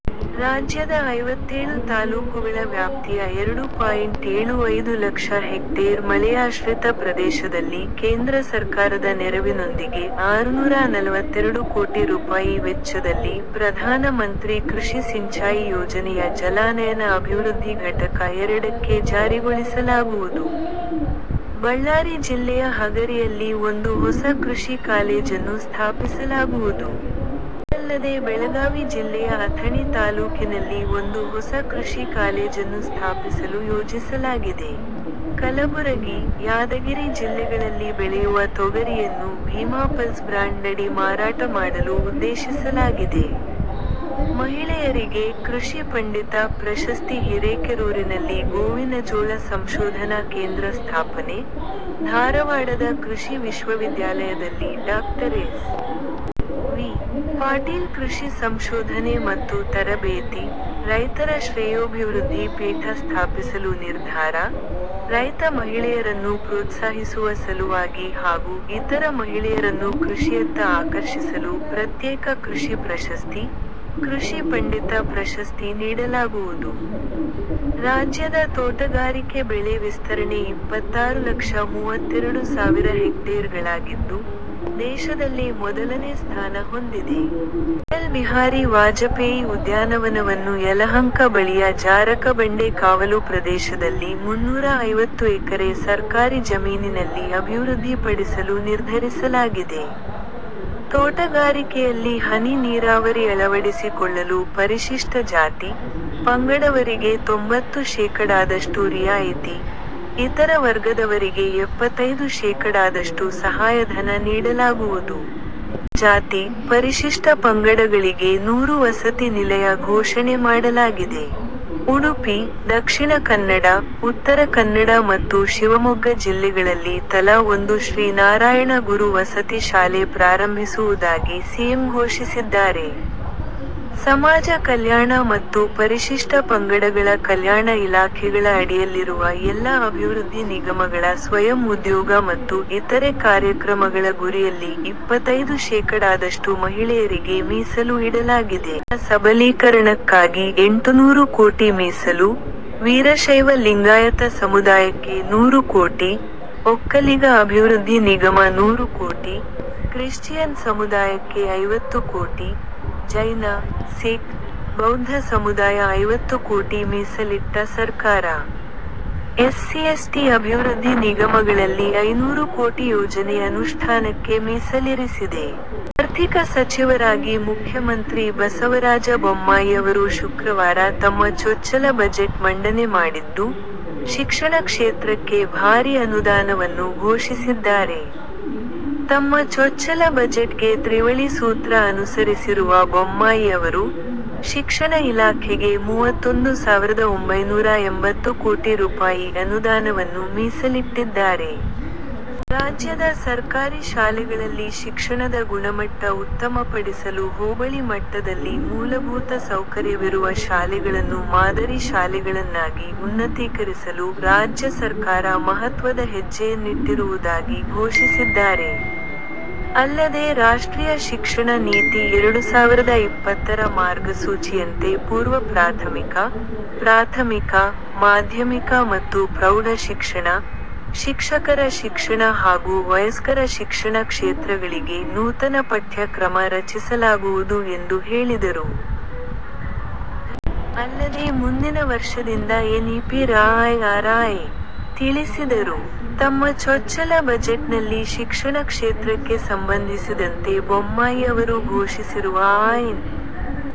ರಾಜ್ಯದ ಐವತ್ತೇಳು ತಾಲೂಕುಗಳ ವ್ಯಾಪ್ತಿಯ ಎರಡು ಪಾಯಿಂಟ್ ಏಳು ಐದು ಲಕ್ಷ ಹೆಕ್ಟೇರ್ ಮಳೆಯಾಶ್ರಿತ ಪ್ರದೇಶದಲ್ಲಿ ಕೇಂದ್ರ ಸರ್ಕಾರದ ನೆರವಿನೊಂದಿಗೆ ಆರುನೂರಾ ನಲವತ್ತೆರಡು ಕೋಟಿ ರುಪಾಯಿ ವೆಚ್ಚದಲ್ಲಿ ಪ್ರಧಾನ ಮಂತ್ರಿ ಕೃಷಿ ಸಿಂಚಾಯಿ ಯೋಜನೆಯ ಜಲಾನಯನ ಅಭಿವೃದ್ಧಿ ಘಟಕ ಎರಡಕ್ಕೆ ಜಾರಿಗೊಳಿಸಲಾಗುವುದು. ಬಳ್ಳಾರಿ ಜಿಲ್ಲೆಯ ಹಗರಿಯಲ್ಲಿ ಒಂದು ಹೊಸ ಕೃಷಿ ಕಾಲೇಜನ್ನು ಸ್ಥಾಪಿಸಲಾಗುವುದು. ಇದಲ್ಲದೆ ಬೆಳಗಾವಿ ಜಿಲ್ಲೆಯ ಅಥಣಿ ತಾಲೂಕಿನಲ್ಲಿ ಒಂದು ಹೊಸ ಕೃಷಿ ಕಾಲೇಜನ್ನು ಸ್ಥಾಪಿಸಲು ಯೋಜಿಸಲಾಗಿದೆ. ಕಲಬುರಗಿ, ಯಾದಗಿರಿ ಜಿಲ್ಲೆಗಳಲ್ಲಿ ಬೆಳೆಯುವ ತೊಗರಿಯನ್ನು ಭೀಮಾ ಪಲ್ಸ್ ಬ್ರ್ಯಾಂಡ್ ನಡಿ ಮಾರಾಟ ಮಾಡಲು ಉದ್ದೇಶಿಸಲಾಗಿದೆ. ಮಹಿಳೆಯರಿಗೆ 'ಕೃಷಿ ಪಂಡಿತ' ಪ್ರಶಸ್ತಿ ಹಿರೇಕೆರೂರಿನಲ್ಲಿ ಗೋವಿನಜೋಳ ಸಂಶೋಧನಾ ಕೇಂದ್ರ ಸ್ಥಾಪನೆ, ಧಾರವಾಡದ ಕೃಷಿ ವಿಶ್ವವಿದ್ಯಾಲಯದಲ್ಲಿ ಡಾಕ್ಟರ್ ಎಸ್. ವಿ. ಪಾಟೀಲ್ ಕೃಷಿ ಸಂಶೋಧನೆ ಮತ್ತು ತರಬೇತಿ, ರೈತರ ಶ್ರೆಯೋಭಿವೃದ್ಧಿ ಪೀಠ ಸ್ಥಾಪಿಸಲು ನಿರ್ಧಾರ, ರೈತ ಮಹಿಳೆಯರನ್ನು ಪ್ರೋತ್ಸಾಹಿಸುವ ಸಲುವಾಗಿ ಹಾಗೂ ಇತರ ಮಹಿಳೆಯರನ್ನು ಕೃಷಿಯತ್ತ ಆಕರ್ಷಿಸಲು ಪ್ರತ್ಯೇಕ ಕೃಷಿ ಪ್ರಶಸ್ತಿ, ಕೃಷಿ ಪಂಡಿತ ಪ್ರಶಸ್ತಿ ನೀಡಲಾಗುವುದು. ರಾಜ್ಯದ ತೋಟಗಾರಿಕೆ ಬೆಳೆ ವಿಸ್ತರಣೆ ಇಪ್ಪತ್ತಾರು ಲಕ್ಷ ಮೂವತ್ತೆರಡು ಸಾವಿರ ಹೆಕ್ಟೇರ್ ಗಳಾಗಿದ್ದು, ದೇಶದಲ್ಲೇ ಮೊದಲನೇ ಸ್ಥಾನ ಹೊಂದಿದೆ. ಅಟಲ್ ಬಿಹಾರಿ ವಾಜಪೇಯಿ ಉದ್ಯಾನವನವನ್ನು ಯಲಹಂಕ ಬಳಿಯ ಜಾರಕಬಂಡೆ ಕಾವಲು ಪ್ರದೇಶದಲ್ಲಿ ಮುನ್ನೂರಾ ಐವತ್ತು ಎಕರೆ ಸರ್ಕಾರಿ ಜಮೀನಿನಲ್ಲಿ ಅಭಿವೃದ್ಧಿ ಪಡಿಸಲು ನಿರ್ಧರಿಸಲಾಗಿದೆ. ತೋಟಗಾರಿಕೆಯಲ್ಲಿ ಹನಿ ನೀರಾವರಿ ಅಳವಡಿಸಿಕೊಳ್ಳಲು ಪರಿಶಿಷ್ಟ ಜಾತಿ, ಪಂಗಡವರಿಗೆ ತೊಂಬತ್ತು ಶೇಕಡಾದಷ್ಟು ರಿಯಾಯಿತಿ, ಇತರ ವರ್ಗದವರಿಗೆ ಎಪ್ಪತೈದು ಶೇಕಡಾದಷ್ಟು ಸಹಾಯಧನ ನೀಡಲಾಗುವುದು. ಪರಿಶಿಷ್ಟ ಜಾತಿ, ಪರಿಶಿಷ್ಟ ಪಂಗಡಗಳಿಗೆ ನೂರು ವಸತಿ ನಿಲಯ ಘೋಷಣೆ ಮಾಡಲಾಗಿದೆ. ಉಡುಪಿ, ದಕ್ಷಿಣ ಕನ್ನಡ, ಉತ್ತರ ಕನ್ನಡ ಮತ್ತು ಶಿವಮೊಗ್ಗ ಜಿಲ್ಲೆಗಳಲ್ಲಿ ತಲಾ ಒಂದು ಶ್ರೀ ನಾರಾಯಣ ಗುರು ವಸತಿ ಶಾಲೆ ಪ್ರಾರಂಭಿಸುವುದಾಗಿ ಸಿಎಂ ಘೋಷಿಸಿದ್ದಾರೆ. ಸಮಾಜ ಕಲ್ಯಾಣ ಮತ್ತು ಪರಿಶಿಷ್ಟ ಪಂಗಡಗಳ ಕಲ್ಯಾಣ ಇಲಾಖೆಗಳ ಅಡಿಯಲ್ಲಿರುವ ಎಲ್ಲಾ ಅಭಿವೃದ್ಧಿ ನಿಗಮಗಳ ಸ್ವಯಂ ಉದ್ಯೋಗ ಮತ್ತು ಇತರೆ ಕಾರ್ಯಕ್ರಮಗಳ ಗುರಿಯಲ್ಲಿ ಇಪ್ಪತೈದು ಶೇಕಡಾದಷ್ಟು ಮಹಿಳೆಯರಿಗೆ ಮೀಸಲು ಇಡಲಾಗಿದೆ. ದುರ್ಬಲ ವರ್ಗಗಳ ಸಬಲೀಕರಣಕ್ಕಾಗಿ ಎಂಟುನೂರು ಕೋಟಿ ಮೀಸಲು, ವೀರಶೈವ ಲಿಂಗಾಯತ ಸಮುದಾಯಕ್ಕೆ ನೂರು ಕೋಟಿ, ಒಕ್ಕಲಿಗ ಅಭಿವೃದ್ಧಿ ನಿಗಮ ನೂರು ಕೋಟಿ, ಕ್ರಿಶ್ಚಿಯನ್ ಸಮುದಾಯಕ್ಕೆ ಐವತ್ತು ಕೋಟಿ, ಜೈನ, ಸಿಖ್, ಬೌದ್ದ ಸಮುದಾಯ ಐವತ್ತು ಕೋಟಿ ಮೀಸಲಿಟ್ಟ ಸರ್ಕಾರ. ಎಸ್ಸಿ ಎಸ್ಟಿ ಅಭಿವೃದ್ಧಿ ನಿಗಮಗಳಲ್ಲಿ ಐನೂರು ಕೋಟಿ ಯೋಜನೆ ಅನುಷ್ಠಾನಕ್ಕೆ ಮೀಸಲಿರಿಸಿದೆ. ಆರ್ಥಿಕ ಸಚಿವರಾಗಿ ಮುಖ್ಯಮಂತ್ರಿ ಬಸವರಾಜ ಬೊಮ್ಮಾಯಿಯವರು ಶುಕ್ರವಾರ ತಮ್ಮ ಚೊಚ್ಚಲ ಬಜೆಟ್ ಮಂಡನೆ ಮಾಡಿದ್ದು, ಶಿಕ್ಷಣ ಕ್ಷೇತ್ರಕ್ಕೆ ಭಾರೀ ಅನುದಾನವನ್ನು ಘೋಷಿಸಿದ್ದಾರೆ. ತಮ್ಮ ಚೊಚ್ಚಲ ಬಜೆಟ್ ಗೆ ತ್ರಿವಳಿ ಸೂತ್ರ ಅನುಸರಿಸಿರುವ ಬೊಮ್ಮಾಯಿಯವರು, ಶಿಕ್ಷಣ ಇಲಾಖೆಗೆ ಮೂವತ್ತೊಂದು ಸಾವಿರದ ಒಂಬೈನೂರಾ ಎಂಬತ್ತು ಕೋಟಿ ರುಪಾಯಿ ಅನುದಾನವನ್ನು ಮೀಸಲಿಟ್ಟಿದ್ದಾರೆ. ರಾಜ್ಯದ ಸರ್ಕಾರಿ ಶಾಲೆಗಳಲ್ಲಿ ಶಿಕ್ಷಣದ ಗುಣಮಟ್ಟ ಉತ್ತಮಪಡಿಸಲು ಹೋಬಳಿ ಮಟ್ಟದಲ್ಲಿ ಮೂಲಭೂತ ಸೌಕರ್ಯವಿರುವ ಶಾಲೆಗಳನ್ನು ಮಾದರಿ ಶಾಲೆಗಳನ್ನಾಗಿ ಉನ್ನತೀಕರಿಸಲು ರಾಜ್ಯ ಸರ್ಕಾರ ಮಹತ್ವದ ಹೆಜ್ಜೆಯನ್ನಿಟ್ಟಿರುವುದಾಗಿ ಘೋಷಿಸಿದ್ದಾರೆ. ಅಲ್ಲದೇ ರಾಷ್ಟ್ರೀಯ ಶಿಕ್ಷಣ ನೀತಿ ಎರಡು ಸಾವಿರದ ಇಪ್ಪತ್ತರ ಮಾರ್ಗಸೂಚಿಯಂತೆ ಪೂರ್ವ ಪ್ರಾಥಮಿಕ, ಪ್ರಾಥಮಿಕ, ಮಾಧ್ಯಮಿಕ ಮತ್ತು ಪ್ರೌಢಶಿಕ್ಷಣ, ಶಿಕ್ಷಕರ ಶಿಕ್ಷಣ ಹಾಗೂ ವಯಸ್ಕರ ಶಿಕ್ಷಣ ಕ್ಷೇತ್ರಗಳಿಗೆ ನೂತನ ಪಠ್ಯ ಕ್ರಮ ರಚಿಸಲಾಗುವುದು ಎಂದು ಹೇಳಿದರು. ಅಲ್ಲದೇ ಮುಂದಿನ ವರ್ಷದಿಂದ ಎನ್ ಇಪಿ ರಾಜ್ಯಾದ್ಯಂತ ಜಾರಿಯಾಗಲಿದೆ ಎಂದು ತಿಳಿಸಿದರು. ತಮ್ಮ ಚೊಚ್ಚಲ ಬಜೆಟ್ನಲ್ಲಿ ಶಿಕ್ಷಣ ಕ್ಷೇತ್ರಕ್ಕೆ ಸಂಬಂಧಿಸಿದಂತೆ ಬೊಮ್ಮಾಯಿಯವರು ಘೋಷಿಸಿರುವ ಕೊಡುಗೆಗಳು ಇಂತಿವೆ.